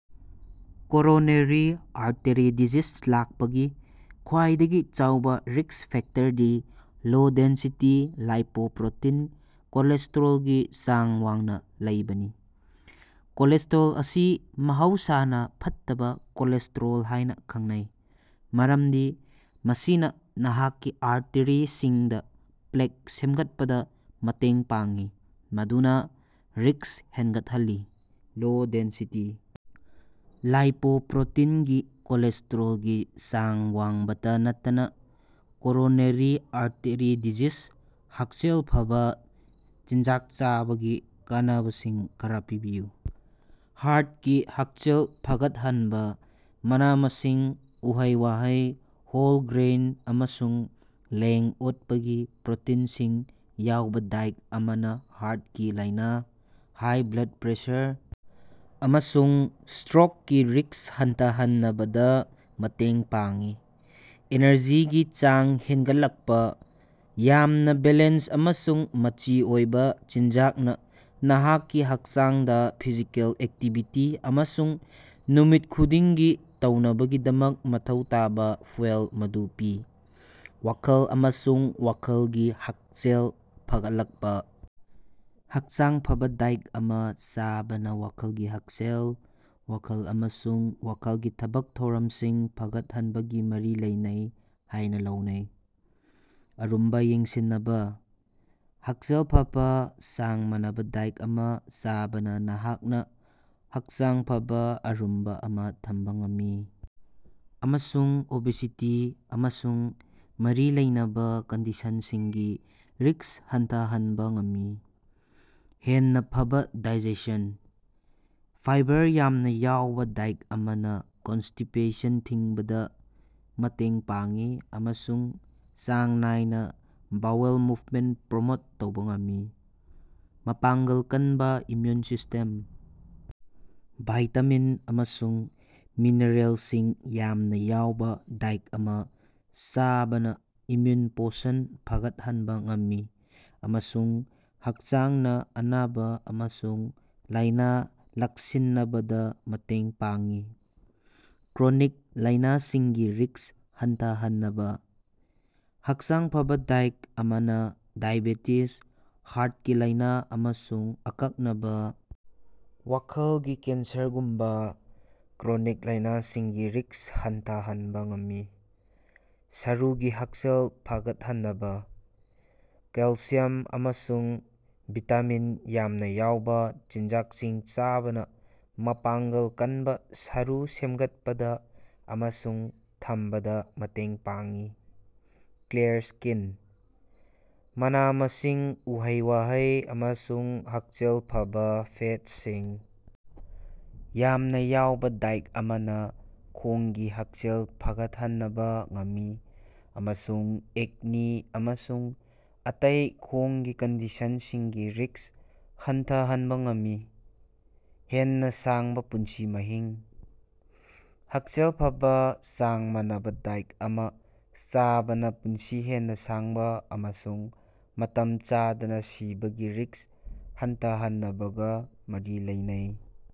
Coronary artery disease ꯂꯥꯛꯄꯒꯤ ꯈ꯭ꯋꯥꯏꯗꯒꯤ ꯆꯥꯎꯕ ꯔꯤꯛꯁ ꯐꯦꯛꯇꯔꯗꯤ ꯂꯣ-ꯗꯦꯟꯁꯤꯇꯤ ꯂꯥꯏꯄꯣꯄ꯭ꯔꯣꯇꯤꯟ ꯀꯣꯂꯦꯁꯇꯦꯔꯣꯜꯒꯤ ꯆꯥꯡ ꯋꯥꯡꯅ ꯂꯩꯕꯅꯤ꯫ ꯀꯣꯂꯦꯁꯇꯦꯔꯣꯜ ꯑꯁꯤ ꯃꯍꯧꯁꯅꯥ "ꯐꯠꯇꯕꯥ" ꯀꯣꯂꯦꯁꯇꯦꯔꯣꯜ ꯍꯥꯏꯅ ꯈꯪꯅꯩ ꯃꯔꯝꯗꯤ ꯃꯁꯤꯅ ꯅꯍꯥꯛꯀꯤ ꯑꯥꯔꯇꯦꯔꯤꯁꯤꯡꯗꯥ ꯄ꯭ꯂꯦꯛ ꯁꯦꯝꯒꯠꯄꯗ ꯃꯇꯦꯡ ꯄꯥꯡꯏ, ꯃꯗꯨꯅ ꯔꯤꯛꯁ ꯍꯦꯟꯒꯠꯍꯜꯂꯤ꯫ ꯂꯣ-ꯗꯦꯟꯁꯤꯇꯤ ꯂꯥꯢꯄꯣꯄ꯭ꯔꯣꯇꯤꯟꯒꯤ ꯀꯣꯂꯦꯁꯇꯦꯔꯣꯜꯒꯤ ꯆꯥꯡ ꯋꯥꯡꯕꯇ ꯅꯠꯇꯅ, ꯀꯣꯔꯣꯅꯔꯤ ꯑꯔꯇꯔꯤ ꯗꯤꯖꯤꯁ ꯍꯛꯁꯦꯜ ꯐꯕ ꯆꯤꯟꯖꯥꯛ ꯆꯥꯕꯒꯤ ꯀꯥꯟꯅꯕꯁꯤꯡ ꯈꯔꯥ ꯄꯤꯕꯤꯌꯨ꯫ ꯍꯥꯔꯠꯀꯤ ꯍꯛꯁꯦꯜ ꯐꯒꯠꯍꯟꯕ: ꯃꯅꯥ-ꯃꯁꯤꯡ, ꯎꯍꯩ-ꯋꯥꯍꯩ, ꯍꯣꯜ ꯒ꯭ꯔꯦꯟ ꯑꯃꯁꯨꯡ ꯂꯦꯡ-ꯑꯣꯠꯄꯒꯤ ꯄ꯭ꯔꯣꯇꯤꯟꯁꯤꯡ ꯌꯥꯎꯕ ꯗꯥꯏꯠ ꯑꯃꯅ ꯍꯥꯔꯠꯀꯤ ꯂꯥꯏꯅ, ꯍꯥꯏ ꯕ꯭ꯂꯗ ꯄ꯭ꯔꯦꯁꯔ ꯑꯃꯁꯨꯡ ꯁꯇ꯭ꯔꯣꯛꯀꯤ ꯔꯤꯛꯁ ꯍꯟꯊꯍꯟꯅꯕꯗ ꯃꯇꯦꯡ ꯄꯥꯡꯏ꯫ ꯑꯦꯅꯔꯖꯤꯒꯤ ꯆꯥꯡ ꯍꯦꯟꯒꯠꯂꯛꯄ: ꯌꯥꯝꯅ ꯕꯦꯂꯦꯟꯁ ꯑꯃꯁꯨꯡ ꯃꯆꯤ ꯑꯣꯏꯕ ꯆꯤꯟꯖꯥꯛꯅ ꯅꯍꯥꯛꯀꯤ ꯍꯛꯆꯥꯡꯗ ꯐꯤꯖꯤꯀꯦꯜ ꯑꯦꯛꯇꯤꯚꯤꯇꯤ ꯑꯃꯁꯨꯡ ꯅꯨꯃꯤꯠ ꯈꯨꯗꯤꯡꯒꯤ ꯇꯧꯅꯕꯒꯤꯗꯃꯛ ꯃꯊꯧ ꯇꯥꯕꯥ ꯐ꯭ꯌꯨꯑꯦꯜ ꯑꯗꯨ ꯄꯤ꯫ ꯋꯥꯈꯜ ꯑꯃꯁꯨꯡ ꯋꯥꯈꯜꯒꯤ ꯍꯛꯁꯦꯜ ꯐꯒꯠꯂꯛꯄ: ꯍꯛꯆꯥꯡ ꯐꯕꯥ ꯗꯥꯏꯠ ꯑꯃ ꯆꯥꯕꯅ ꯋꯥꯈꯜꯒꯤ ꯍꯛꯁꯦꯜ, ꯋꯥꯈꯜ ꯑꯃꯁꯨꯡ ꯋꯥꯈꯜꯒꯤ ꯊꯕꯛ ꯊꯧꯔꯝꯁꯤꯡ ꯐꯒꯠꯍꯟꯕꯒꯤ ꯃꯔꯤ ꯂꯩꯅꯩ ꯍꯥꯏꯅ ꯂꯧꯅꯩ꯫ ꯑꯔꯨꯝꯕ ꯌꯦꯡꯁꯤꯟꯅꯕꯥ: ꯍꯛꯁꯦꯜ ꯐꯕꯥ, ꯆꯥꯡ ꯃꯥꯟꯅꯕ ꯗꯥꯏꯠ ꯑꯃ ꯆꯥꯕꯅ ꯅꯍꯥꯛꯅ ꯍꯛꯆꯥꯡ ꯐꯕ ꯑꯔꯨꯝꯕ ꯑꯃ ꯊꯝꯕ ꯉꯝꯃꯤ ꯑꯃꯁꯨꯡ ꯑꯣꯕꯦꯁꯤꯇꯤ ꯑꯃꯁꯨꯡ ꯃꯔꯤ ꯂꯩꯅꯕ ꯀꯟꯗꯤꯁꯟꯁꯤꯡꯒꯤ ꯔꯤꯛꯁ ꯍꯟꯊꯍꯟꯕ ꯉꯝꯃꯤ꯫ ꯍꯦꯟꯅ ꯐꯕꯥ ꯗꯥꯏꯖꯦꯁꯟ: ꯐꯥꯏꯕꯔ ꯌꯥꯝꯅ ꯌꯥꯎꯕ ꯗꯥꯏꯠ ꯑꯃꯅ ꯀꯟꯁꯇꯤꯞꯁꯟ ꯊꯤꯡꯕꯗ ꯃꯇꯦꯡ ꯄꯥꯡꯏ ꯑꯃꯁꯨꯡ ꯆꯥꯡ ꯅꯥꯏꯅ ꯕꯣꯋꯦꯜ ꯃꯨꯞꯃꯦꯟ ꯄ꯭ꯔꯣꯃꯣꯠ ꯇꯧꯕ ꯉꯝꯃꯤ꯫ ꯃꯄꯥꯡꯒꯜ ꯀꯟꯕ ꯏꯝꯃ꯭ꯌꯨꯟ ꯁꯤꯁꯇꯦꯝ: ꯚꯤꯇꯥꯃꯤꯟ ꯑꯃꯁꯨꯡ ꯃꯤꯅꯔꯦꯜꯁꯤꯡ ꯌꯥꯝꯅ ꯌꯥꯎꯕ ꯗꯥꯏꯠ ꯑꯃ ꯆꯥꯕꯅ ꯏꯝꯃ꯭ꯌꯨꯟ ꯐꯪꯁꯟ ꯐꯒꯠꯍꯟꯕ ꯉꯝꯃꯤ ꯑꯃꯁꯨꯡ ꯍꯛꯆꯥꯡꯅ ꯑꯅꯥꯕ ꯑꯃꯁꯨꯡ ꯂꯥꯏꯅ ꯂꯥꯛꯁꯤꯟꯅꯕꯗ ꯃꯇꯦꯡ ꯄꯥꯡꯏ꯫ ꯀ꯭ꯔꯣꯅꯤꯛ ꯂꯥꯢꯅꯁꯤꯡꯒꯤ ꯔꯤꯛꯁ ꯍꯟꯊꯥꯍꯟꯅꯕ: ꯍꯛꯆꯥꯡ ꯐꯕꯥ ꯗꯥꯏꯠ ꯑꯃꯅ ꯗꯥꯏꯑꯦꯕꯦꯇꯤꯖ, ꯍꯥꯔꯠꯀꯤ ꯂꯥꯢꯅ, ꯑꯃꯁꯨꯡ ꯑꯀꯛꯅꯕ ꯋꯥꯈꯜꯒꯤ ꯀꯦꯟꯁꯔꯒꯨꯝꯕꯥ ꯀ꯭ꯔꯣꯅꯤꯛ ꯂꯥꯢꯅꯥꯁꯤꯡꯒꯤ ꯔꯤꯛꯁ ꯍꯟꯊꯥꯍꯟꯕ ꯉꯝꯃꯤ꯫ ꯁꯔꯨꯒꯤ ꯍꯛꯁꯦꯜ ꯐꯒꯠꯍꯟꯅꯕꯥ: ꯀꯦꯜꯁꯤꯌꯝ ꯑꯃꯁꯨꯡ ꯚꯤꯇꯥꯃꯤꯟ ꯌꯥꯝꯅ ꯌꯥꯎꯕ ꯆꯤꯟꯖꯥꯛꯁꯤꯡ ꯆꯥꯕꯅ ꯃꯄꯥꯡꯒꯜ ꯀꯟꯕꯥ ꯁꯔꯨ ꯁꯦꯝꯒꯠꯄꯗ ꯑꯃꯁꯨꯡ ꯊꯝꯕꯗꯥ ꯃꯇꯦꯡ ꯄꯥꯡꯏ꯫ ꯀ꯭ꯂꯤꯌꯥꯔ ꯁ꯭ꯀꯤꯟ: ꯃꯅꯥ-ꯃꯁꯤꯡ, ꯎꯍꯩ-ꯋꯥꯍꯩ ꯑꯃꯁꯨꯡ ꯍꯛꯁꯦꯜ ꯐꯕꯥ ꯐꯦꯠꯁꯤꯡ ꯌꯥꯝꯅ ꯌꯥꯎꯕ ꯗꯥꯏꯠ ꯑꯃꯅ ꯈꯣꯡꯒꯤ ꯍꯛꯁꯦꯜ ꯐꯒꯠꯍꯟꯅꯕ ꯉꯝꯃꯤ ꯑꯃꯁꯨꯡ ꯑꯦꯛꯅꯤ ꯑꯃꯁꯨꯡ ꯑꯇꯩ ꯈꯣꯡꯒꯤ ꯀꯟꯗꯤꯁꯟꯁꯤꯡꯒꯤ ꯔꯤꯛꯁ ꯍꯟꯊꯥꯍꯟꯕ ꯉꯝꯃꯤ꯫ ꯍꯦꯟꯅ ꯁꯥꯡꯕ ꯄꯨꯟꯁꯤ ꯃꯍꯤꯡ: ꯍꯛꯁꯦꯜ ꯐꯕꯥ, ꯆꯥꯡ ꯃꯥꯟꯅꯕ ꯗꯥꯏꯠ ꯑꯃ ꯆꯥꯕꯅ ꯄꯨꯟꯁꯤ ꯍꯦꯟꯅ ꯁꯥꯡꯕ ꯑꯃꯁꯨꯡ ꯃꯇꯝ ꯆꯥꯗꯅ ꯁꯤꯕꯒꯤ ꯔꯤꯛꯁ ꯍꯟꯊꯥꯍꯟꯅꯕꯒ ꯃꯔꯤ ꯂꯩꯅꯩ꯫